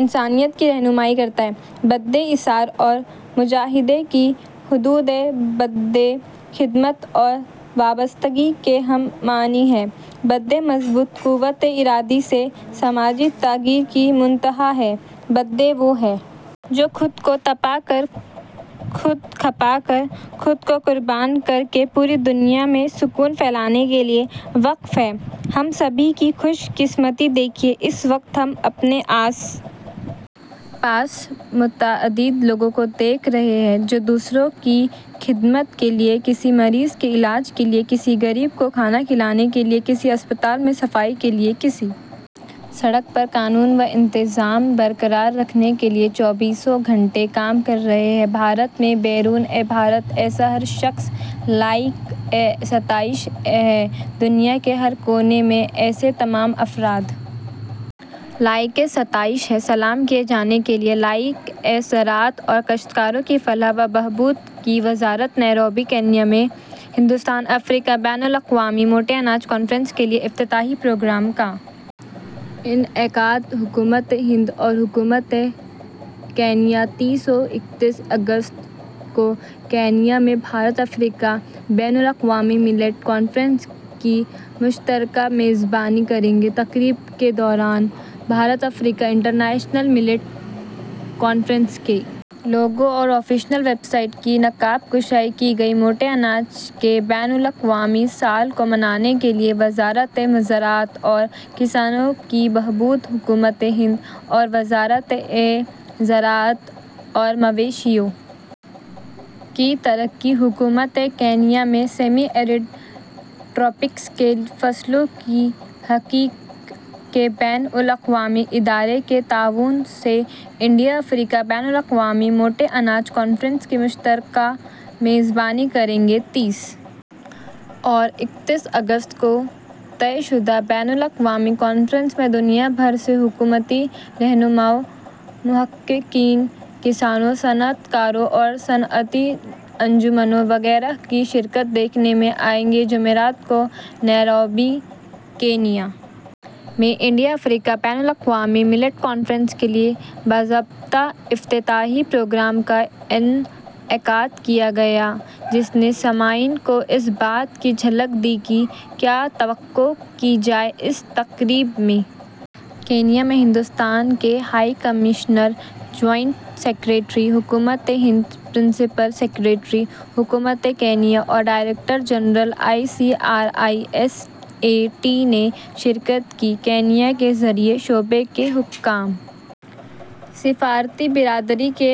انسانیت کی رہنمائی کرتا ہے بدھ ایثار اور مجاہدے کی حدود ہیں بدھ خدمت اور وابستگی کے ہم معنی ہیں بدھ مضبوط قوت ارادی سے سماجی تغیر کی منتہا ہیں بدھ وہ ہیں جو خود کو تپا کر خود کھپا کر خود کو قربان کر کے پوری دنیا میں سکون پھیلانے کے لیے وقف ہیں ہم سبھی کی خوش قسمتی دیکھیے اس وقت ہم اپنے آس پاس متعدد لوگوں کو دیکھ رہے ہیں جو دوسروں کی خدمت کے لیے کسی مریض کے علاج کے لیے کسی غریب کو کھانا کھلانے کے لیے کسی اسپتال میں صفائی کے لیے کسی سڑک پر قانون و انتظام برقرار رکھنے کے لیے چوبیسوں گھنٹے کام کر رہے ہیں بھارت میں بیرون بھارت ایسا ہر شخص لائق ستائش ہے دنیا کے ہر کونے میں ایسے تمام افراد لائق ستائش ہیں سلام کیے جانے کے لائق ہیں زراعت اور کاشتکاروں کی فلاح و بہبود کی وزارت نیروبی کینیا میں ہندوستان افریقہ بین الاقوامی موٹے اناج کانفرنس کے لیے افتتاحی پروگرام کا انعقاد حکومت ہند اور حکومت کینیا تیس اور اکتیس اگست کو کینیا میں بھارت افریقہ بین الاقوامی ملیٹ کانفرنس کی مشترکہ میزبانی کریں گے تقریب کے دوران بھارت افریقہ انٹرنیشنل ملیٹ کانفرنس کے لوگو اور آفیشل ویب سائٹ کی نقاب کشائی کی گئی موٹے اناج کے بین الاقوامی سال کو منانے کے لیے وزارت زراعت اور کسانوں کی بہبود حکومت ہند اور وزارت زراعت اور مویشیوں کی ترقی حکومت کینیا میں سیمی ایرڈ ٹراپکس کے لیے فصلوں کی تحقیق کے بین الاقوامی ادارے کے تعاون سے انڈیا افریقہ بین الاقوامی موٹے اناج کانفرنس کی مشترکہ میزبانی کریں گی تیس اور اکتیس اگست کو طے شدہ بین الاقوامی کانفرنس میں دنیا بھر سے حکومتی رہنماؤں محققین کسانوں صنعت کاروں اور صنعتی انجمنوں وغیرہ کی شرکت دیکھنے میں آئے گی جمعرات کو نیروبی کینیا میں انڈیا افریقہ بین الاقوامی ملیٹ کانفرنس کے لیے باضابطہ افتتاحی پروگرام کا انعقاد کیا گیا جس نے سامعین کو اس بات کی جھلک دی کہ کیا توقع کی جائے اس تقریب میں کینیا میں ہندوستان کے ہائی کمشنر جوائنٹ سکریٹری حکومت ہند پرنسپل سکریٹری حکومت کینیا اور director general I C R I S A T نے شرکت کی کینیا کے زرعی شعبے کے حکام سفارتی برادری کے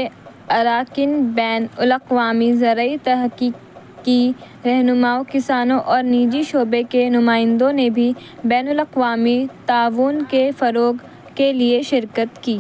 اراکین بین الاقوامی زرعی تحقیقی رہنماؤں کسانوں اور نجی شعبے کے نمائندوں نے بھی بین الاقوامی تعاون کے فروغ کے لیے شرکت کی